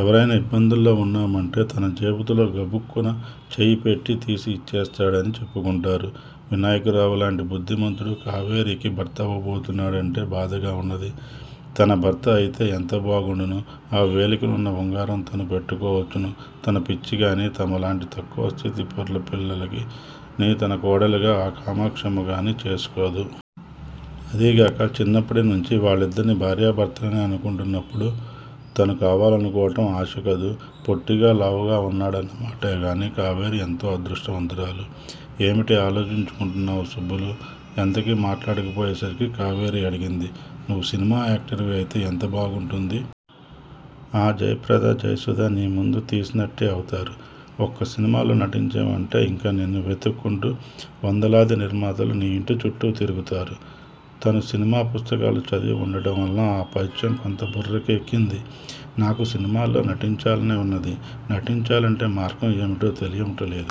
ఎవరయినా యిబ్బందులలో వున్నామంటే తన జేబులో గబుక్కున చెయ్యి పెట్టి తీసి యిచ్చేస్తాడని చెప్పుకుంటారు. వినాయకరావులాంటి బుద్దిమంతుడు కావేరికి భర్త అవబోతున్నాడంటే బాధగా వున్నది. తన భర్త అయితే ఎంత బాగుండును? ఆ వేలినవున్న ఉంగరం తను పెట్టుకోవచ్చును. తన పిచ్చి గానీ! తమలాంటి తక్కువ స్థితి పరుల పిల్లలని తన కోడలిగా ఆ కామాక్షమ్మ గానీ చేసుకోదు! అదీ గాక చిన్నప్పటి నుంచీ వాళ్ళిద్దరినీ భార్యా భర్తలనే అనుకుంటున్నప్పుడు తను కావాలనుకోవటం ఆశ కదూ? పొట్టిగా లావుగా వున్నాడన్నమాటే గాని కావేరి ఎంతో అదృష్టవంతురాలు. ఏమిటే ఆలోచించుకుంటున్నావు సుబ్బులూ? ఎంతకీ మాట్లాడకపోయే సరికి కావేరి అడిగింది. నువ్వు సినిమా యాక్టర్ వి అయితే ఎంత బాగుంటుంది? ఆ జయప్రద-జయసుధ నీముందు తీసినట్టే అవుతారు. ఒక్క సినిమాలో నటించావంటే యింక నిన్ను వెతుక్కుంటూ వందలాది నిర్మాతలు నీ యింటి చుట్టూ తిరుగుతారు. తనూ సినిమా పుస్తకాలు చదివి వుండటం వలన ఆపైత్యం కొంత బుర్రకి ఎక్కింది. నాకు సినిమాలలో నటించాలనే వున్నది. నటించాలంటే మార్గం ఏమిటో తెలియుట లేదు.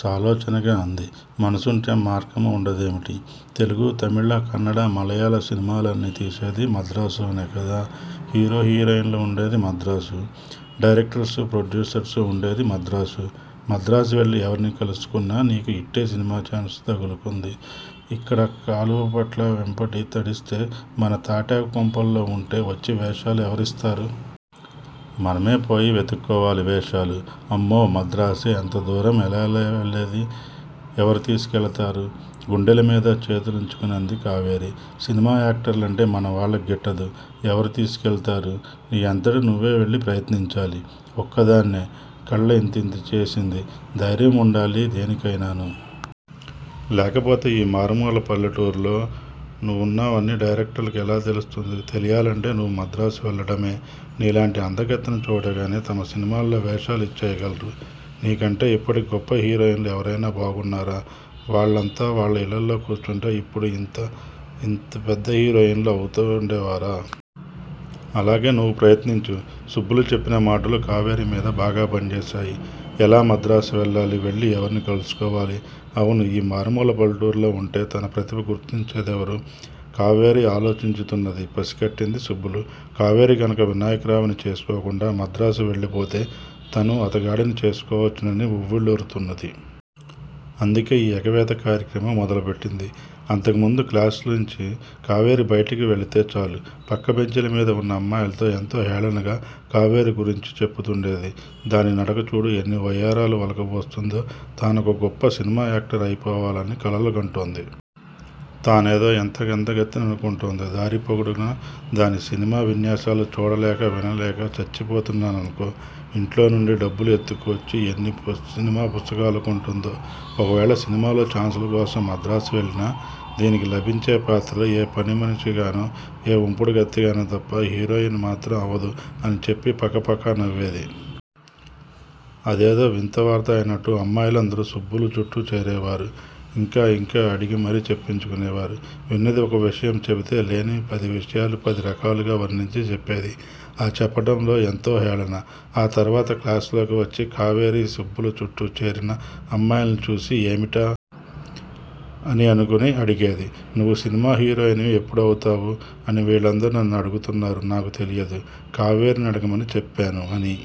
సాలోచనగా అంది. మనసుంటే మార్గమే వుండదేమిటి? తెలుగు, తమిళ, కన్నడ, మళయాళ సినిమాలన్నీ తీసేది మద్రాసులోనే కదా? హీరో, హీరోయిన్ను వుండేది మద్రాసు. డైరెక్టర్సు, ప్రొడ్యూసర్సు వుండేది మద్రాసు! మద్రాసు వెళ్ళి ఎవరిని కలుసుకున్నా నీకు యిట్టే సినిమా ఛాన్సు తగులుతుంది. యిక్కడ కాలువగట్ల వెంబడి తడిస్తే మన తాటాకు కొంపల్లో వుంటే వచ్చి వేషాలు ఎవరిస్తారు? మనమే పోయి వెతుక్కోవాలి వేషాలు! అమ్మో! మద్రాసే? అంత దూరం ఎలా వెళ్లేది? ఎవరు తీసుకెళ్ళతారు? గుండెలమీద చేతులుంచుకుని అంది కావేరి. సినిమా యాక్టర్లంటే మన వాళ్ళకి గిట్టదు ఎవరు తీసుకెళ్ళుతారు? నీ అంతట నువ్వే వెళ్ళి ప్రయత్నించాలి! ఒక్కదాన్నే? కళ్ళు యింతింత చేసింది. ధైర్యం వుండాలి దేనికయినాను! లేకపోతే ఈ మారుమూల పల్లెటూరిలో నువ్వున్నావని డైరెక్టర్లకి ఎలా తెలుస్తుంది? తెలియాలంటే నువ్వు మద్రాసు వెళ్ళటమే! నీలాంటి అందగత్తెను చూడగానే తమ సినిమాలలో వేషాలు యిచ్చేయగలరు? నీకంటే యిప్పటి గొప్ప హీరోయిన్ లు ఎవరయినా బాగున్నారా? వాళ్ళంతా వాళ్ళయిళ్ళల్లో కూర్చుంటే యిప్పుడు యింత యింత పెద్ద హీరోయిన్ లు అవుతు ఉండే వారా? అలాగే నువ్వు ప్రయత్నించు! సుబ్బులు చెప్పిన మాటలు కావేరి మీద బాగా పనిచేశాయి. ఎలా మద్రాసు వెళ్ళాలి? వెళ్ళి ఎవరిని కలుసుకోవాలి? అవునూ! ఈ మారుమూల పల్లెటూరిలో వుంటే తన ప్రతిభ గుర్తించేదెవరు? కావేరి ఆలోచించుతున్నది పసిగట్టింది సుబ్బులు! కావేరి కనుక వినాయకరావుని చేసుకోకుండా మద్రాసు వెళ్ళిపోతే తను అతగాడిని చేసుకోవచ్చునని ఉవ్విళ్ళూరుతున్నది. అందుకే ఈ ఎగవేత కార్యక్రమం మొదలుపెట్టింది. అంతకుముందు క్లాసులో నుంచి కావేరి బైటికి వెళ్ళితే చాలు! పక్క బెంచీల మీద వున్న అమ్మాయిలతో ఎంతో హేళనగా కావేరి గురించి చెప్పుతుండేది! దాని నడక చూడు? ఎన్ని వయ్యారాలు వలుకబోస్తుందో? తానొక గొప్ప సినిమా యాక్టర్ అయిపోవాలని కలలు కంటోంది. తనేదో ఎంతో అందగత్తెననుకుంటోంది దారి పొడుగునా దాని సినిమా విన్యాసాలు చూడలేక వినలేక చచ్చిపోతున్నాననుకో! యింట్లో నుండి డబ్బులు ఎత్తుకు వచ్చి ఎన్ని సినిమా పుస్తకాలు కొంటుందో? ఒకవేళ సినిమాలో చాన్సుల కోసం మద్రాసు వెళ్ళినా దీనికి లభించే పాత్రలు ఏ పని మనిషిగానో? ఏ ఉంపుడుకత్తెగానో తప్ప హీరోయిన్ మాత్రం అవదు అని చెప్పి పక పకా నవ్వేది! అదేదో వింత వార్త అయినట్టు అమ్మాయిలందరూ సుబ్బులు చుట్టూ చేరేవారు. యింకా యింకా అడిగి మరి చెప్పించుకునేవారు. విన్నది ఒక విషయం చెప్పితే లేనివి పది విషయాలు పది రకాలుగా వర్ణించి చెప్పేది. ఆ చెప్పటంలో ఎంతో హేళన! ఆ తరువాత క్లాసులోకి వచ్చి కావేరి సుబ్బులు చుట్టూ చేరినా అమ్మాయిలను చూసి ఏమిటా? అని అనుకుని అడిగేది! నువ్వు సినిమా హీరోయిన్ వి ఎప్పుడు అవుతావు? అని వీళ్ళందరూ నన్ను అడుగుతున్నారు నాకు తెలియదు! కావేరినీ అడగమని చెప్పాను! అని